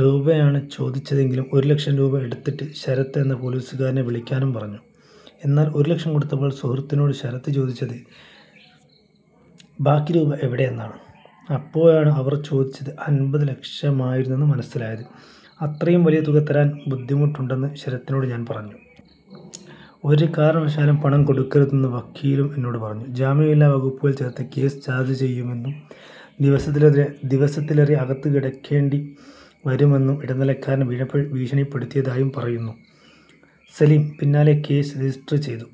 രൂപയാണ് ചോദിച്ചതെങ്കിലും ഒരു ലക്ഷം രൂപ എടുത്തിട്ട് ശരത്ത് എന്ന പൊലീസുകാരനെ വിളിക്കാനും പറഞ്ഞു. എന്നാൽ ഒരു ലക്ഷം കൊടുത്തപ്പോൾ സുഹൃത്തിനോട് ശരത്ത് ചോദിച്ചത് ബാക്കി രൂപ എവിടെ എന്നാണ്. അപ്പോഴാണ് അവർ ചോദിച്ചത് അൻപത് ലക്ഷമായിരുന്നെന്ന് മനസിലായത്. അത്രയും വലിയ തുക തരാൻ ബുദ്ധിമുട്ടുണ്ടെന്ന് ശരത്തിനോട് ഞാൻ പറഞ്ഞു. ഒരു കാരണവശാലും പണം കൊടുക്കരുതെന്ന് വക്കീലും എന്നോട് പറഞ്ഞു. " ജാമ്യമില്ലാ വകുപ്പുകൾ ചേർത്ത് കേസ് ചാർജ്ജ് ചെയ്യുമെന്നും ദിവസത്തിലേറെ അകത്തുകിടക്കേണ്ടിയും വരുമെന്നും ഇടനിലക്കാരൻ ഭീഷണിപ്പെടുത്തിയതായും പറയുന്നു സലിം. " പിന്നാലെ കേസ് രജിസ്റ്റർ ചെയ്തു.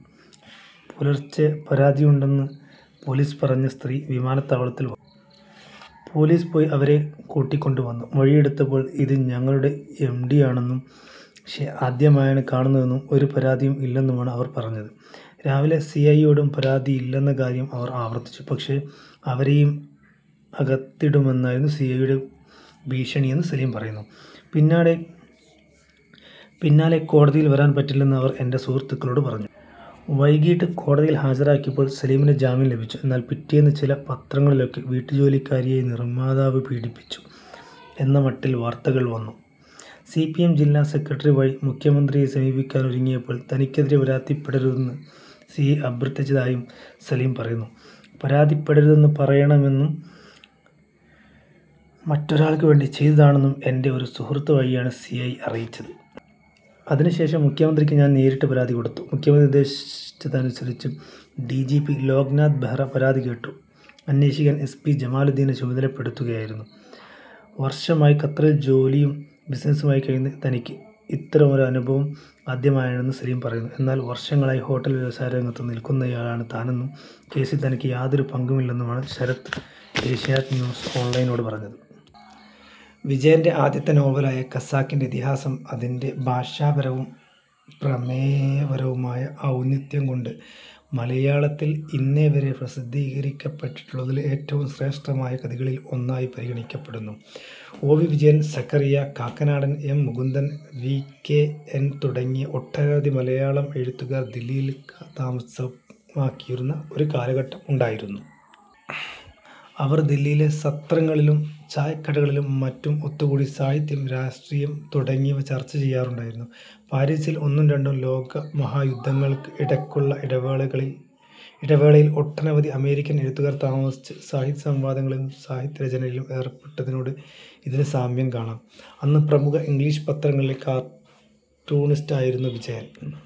പുലർച്ചെ പരാതിയുണ്ടെന്ന് പൊലീസ് പറഞ്ഞ സ്ത്രീ വിമാനത്താവളത്തിൽ വന്നു. പൊലീസ് പോയി അവരെ കൂട്ടിക്കൊണ്ടുവന്നു. മൊഴിയെടുത്തപ്പോൾ ഇത് ഞങ്ങളുടെ എംഡിയാണെന്നും പക്ഷേ ആദ്യമായാണ് കാണുന്നതെന്നും ഒരു പരാതിയും ഇല്ലെന്നുമാണ് അവർ പറഞ്ഞത്. രാവിലെ സിഐയോടും പരാതിയില്ലെന്ന കാര്യം അവർ ആവർത്തിച്ചു. " പക്ഷേ അവരെയും അകത്തിടുമെന്നായിരുന്നു സിഐയുടെ ഭീഷണിയെന്ന് സലിം പറയുന്നു. " പിന്നാലെ കോടതിയിൽ വരാൻപറ്റില്ലെന്ന് അവർ എൻറെ സുഹൃത്തുക്കളോട് പറഞ്ഞു. " വൈകിട്ട് കോടതിയിൽ ഹാജരാക്കിയപ്പോൾ സലിമിന് ജാമ്യം ലഭിച്ചു. എന്നാൽ പിറ്റേന്ന് ചില പത്രങ്ങളിലൊക്കെ ' വീട്ടുജോലിക്കാരിയെ നിർമ്മാതാവ് പീഡിപ്പിച്ചു ' എന്നമട്ടിൽ വാർത്തകൾ വന്നു. സിപിഎം ജില്ലാ സെക്രട്ടറി വഴി മുഖ്യമന്ത്രിയെ സമീപിക്കാനൊരുങ്ങിയപ്പോൾ തനിക്കെതിരേ പരാതിപ്പെടരുതെന്ന് സിഐ അഭ്യർഥിച്ചതായും സലിം പറയുന്നു. " പരാതിപ്പെടരുതെന്ന് പറയണമെന്നും മറ്റൊരാൾക്കുവേണ്ടി ചെയ്തതാണെന്നും എൻറെ ഒരു സുഹൃത്ത് വഴിയാണ് സിഐ അറിയിച്ചത്. അതിനുശേഷം മുഖ്യമന്ത്രിക്ക് ഞാൻ നേരിട്ട് പരാതി കൊടുത്തു. മുഖ്യമന്ത്രി നിർദേശിച്ചതനുസരിച്ച് ഡിജിപി ലോക്നാഥ് ബെഹ്റ പരാതി കേട്ടു. അന്വേഷിക്കാൻ എസ് പി ജമാലുദ്ദീനെ ചുമതലപ്പെടുത്തുകയായിരുന്നു. " വർഷമായി ഖത്തറിൽ ജോലിയും ബിസിനസുമായി കഴിയുന്ന തനിക്ക് ഇത്തരമൊരു അനുഭവം ആദ്യമായാണെന്ന് പറയുന്നു സലിം. എന്നാൽ വർഷങ്ങളായി ഹോട്ടൽ വ്യവസായ രംഗത്ത് നിർക്കുന്നയാളാണ് താനെന്നും കേസിൽ തനിക്ക് യാതൊരു പങ്കുമില്ലെന്നുമാണ് ശരത്ത് ഏഷ്യാനെറ്റ് ന്യൂസ് ഓൺലൈനിനോട് പറഞ്ഞത്. വിജയന്റെ ആദ്യത്തെ നോവലായ ഖസാക്കിന്റെ ഇതിഹാസം അതിന്റെ ഭാഷാപരവും പ്രമേയപരവുമായ ഔന്നത്യം കൊണ്ട് മലയാളത്തിൽ ഇന്നേവരെ പ്രസിദ്ധീകരിക്കപ്പെട്ടിട്ടുള്ളതിൽ ഏറ്റവും ശ്രേഷ്ഠമായ കൃതികളിൽ ഒന്നായി പരിഗണിക്കപ്പെടുന്നു. O. V. Vijayan, Zacharia, Kakkanadan, M. Mukundan, V. K. N, തുടങ്ങിയ ഒട്ടനവധി മലയാളം എഴുത്തുകാർ ദില്ലിയിൽ താമസമാക്കിയിരുന്ന ഒരു കാലഘട്ടം ഉണ്ടായിരുന്നു. അവർ ദില്ലിയിലെ സത്രങ്ങളിലും ചായക്കടകളിലും മറ്റും ഒത്തുകൂടി സാഹിത്യം, രാഷ്ട്രീയം തുടങ്ങിയവ ചർച്ചചെയ്യാറുണ്ടായിരുന്നു. പാരീസിൽ ഒന്നും രണ്ടും ലോകമഹായുദ്ധങ്ങൾക്ക് ഇടക്കുള്ള ഇടവേളയിൽ ഒട്ടനവധി അമേരിക്കൻ എഴുത്തുകാർ താമസിച്ച് സാഹിത്യസംവാദങ്ങളിലും സാഹിത്യരചനയിലും ഏർപ്പെട്ടതിനോട് ഇതിനു സാമ്യം കാണാം.. അന്ന് പ്രമുഖ ഇംഗ്ലീഷ് പത്രങ്ങളിലെ കാർട്ടൂണിസ്റ്റ് ആയിരുന്നു വിജയൻ.